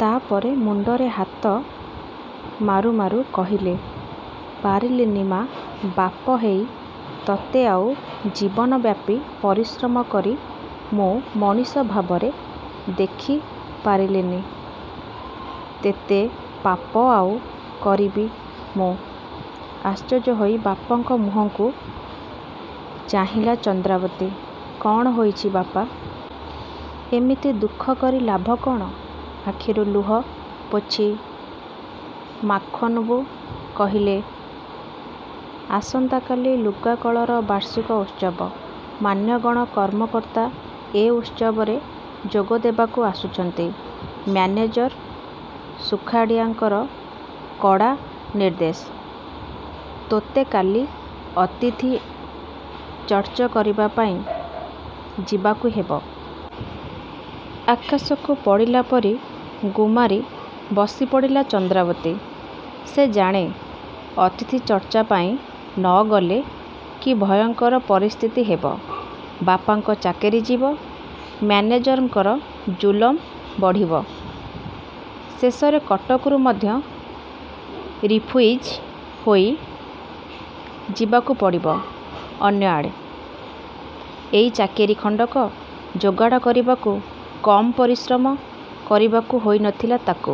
ତା'ପରେ ମୁଣ୍ଡରେ ହାତ ମାରୁ ମାରୁ କହିଲେ''ପାରିଲିନି ମା! ବାପା ହେଇ ତତେ ଆଉ ଜୀବନବ୍ୟାପୀ ପରିଶ୍ରମ କରି ମୁଁ ମଣିଷ ଭାବରେ ଦେଖି ପାରିଲି ନି। ତେତେ ପାପ ଆଉ କରିବି ମୁଁ? '' ଆଶ୍ଚର୍ଯ୍ୟ ହୋଇ ବାପାଙ୍କ ମୁହଁକୁ ଚାହିଁଲା ଚନ୍ଦ୍ରାବତୀ''କ'ଣ ହୋଇଛି ବାପା! ଏମିତି ଦୁଃଖ କରି ଲାଭ କ'ଣ? '' ଆଖିରୁ ଲୁହ ପୋଛି ମାଖନ୍ବାବୁ କହିଲେ ଆସନ୍ତା କାଲି ଲୁଗାକଳର ବାର୍ଷିକ ଉତ୍ସବ। ମାନ୍ୟଗଣ୍ୟ କର୍ମକର୍ତ୍ତା ଏ ଉତ୍ସବରେ ଯୋଗ ଦେବାକୁ ଆସୁଛନ୍ତି। ମ୍ୟାନେଜର ସୁଖାଡ଼ିଆଙ୍କର କଡ଼ା ନିର୍ଦ୍ଦେଶ, ତୋତେ କାଲି ଅତିଥି ଚର୍ଚ୍ଚ କରିବାପାଇଁ ଯିବାକୁ ହେବ। '' ଆକାଶକୁ ପଡ଼ିଲା ପରି ଗୁମ୍ମାରି ବସିପଡ଼ିଲା ଚନ୍ଦ୍ରାବତୀ। ସେ ଜାଣେ ଅତିଥି ଚର୍ଚ୍ଚା ପାଇଁ ନ ଗଲେ କି ଭୟଙ୍କର ପରିସ୍ଥିତି ହେବ। ବାପାଙ୍କ ଚାକିରି ଯିବ। ମ୍ୟାନେଜରଙ୍କର ଜୁଲମ୍ ବଢ଼ିବ। ଶେଷରେ କଟକରୁ ମଧ୍ୟ ରିଫୁଇଜି ହୋଇ ଯିବାକୁ ପଡ଼ିବ ଅନ୍ୟଆଡ଼େ! ଏଇ ଚାକିରୀ ଖଣ୍ଡକ ଯୋଗାଡ଼ କରିବାକୁ କମ୍ ପରିଶ୍ରମ କରିବାକୁ ହୋଇ ନ ଥିଲା ତାକୁ।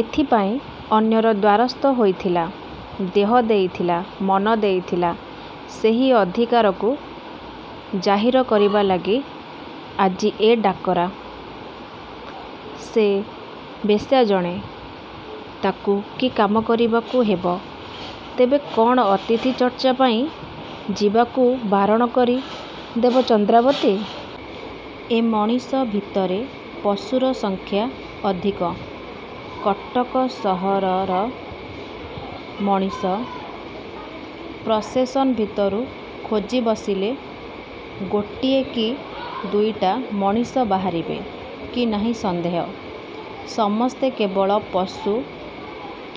ଏଥିପାଇଁ ଅନ୍ୟର ଦ୍ୱାରସ୍ଥ ହୋଇଥିଲା। ଦେହ ଦେଇଥିଲା। ମନ ଦେଇଥିଲା। ସେହି ଅଧିକାରକୁ ଜାହିର କରିବା ଲାଗି ଆଜି ଏ ଡାକରା। ସେ ବେଶ୍ଜାଣେ ତାକୁ କି କାମ କରିବାକୁ ହେବ। ତେବେ କ'ଣ ଅତିଥି ଚର୍ଚ୍ଚା ପାଇଁ ଯିବାକୁ ବାରଣ କରି ଦେବ ଚନ୍ଦ୍ରାବତୀ? ଏ ମଣିଷ ଭିତରେ ପଶୁର ସଂଖ୍ୟା ଅଧିକ। କଟକ ସହରର ମଣିଷ ପ୍ରସେସନ୍ଭିତରୁ ଖୋଜି ବସିଲେ ଗୋଟିଏ କି ଦୁଇଟା ମଣିଷ ବାହାରିବେ କି ନାହିଁ ସନ୍ଦେହ। ସମସ୍ତେ କେବଳ ପଶୁ।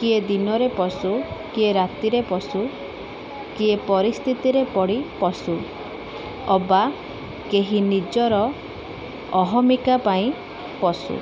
କିଏ ଦିନରେ ପଶୁ, କିଏ ରାତିରେ ପଶୁ, କିଏ ପରିସ୍ଥିତିରେ ପଡ଼ି ପଶୁ, ଅବା କେହି ନିଜର ଅହମିକା ପାଇଁ ପଶୁ।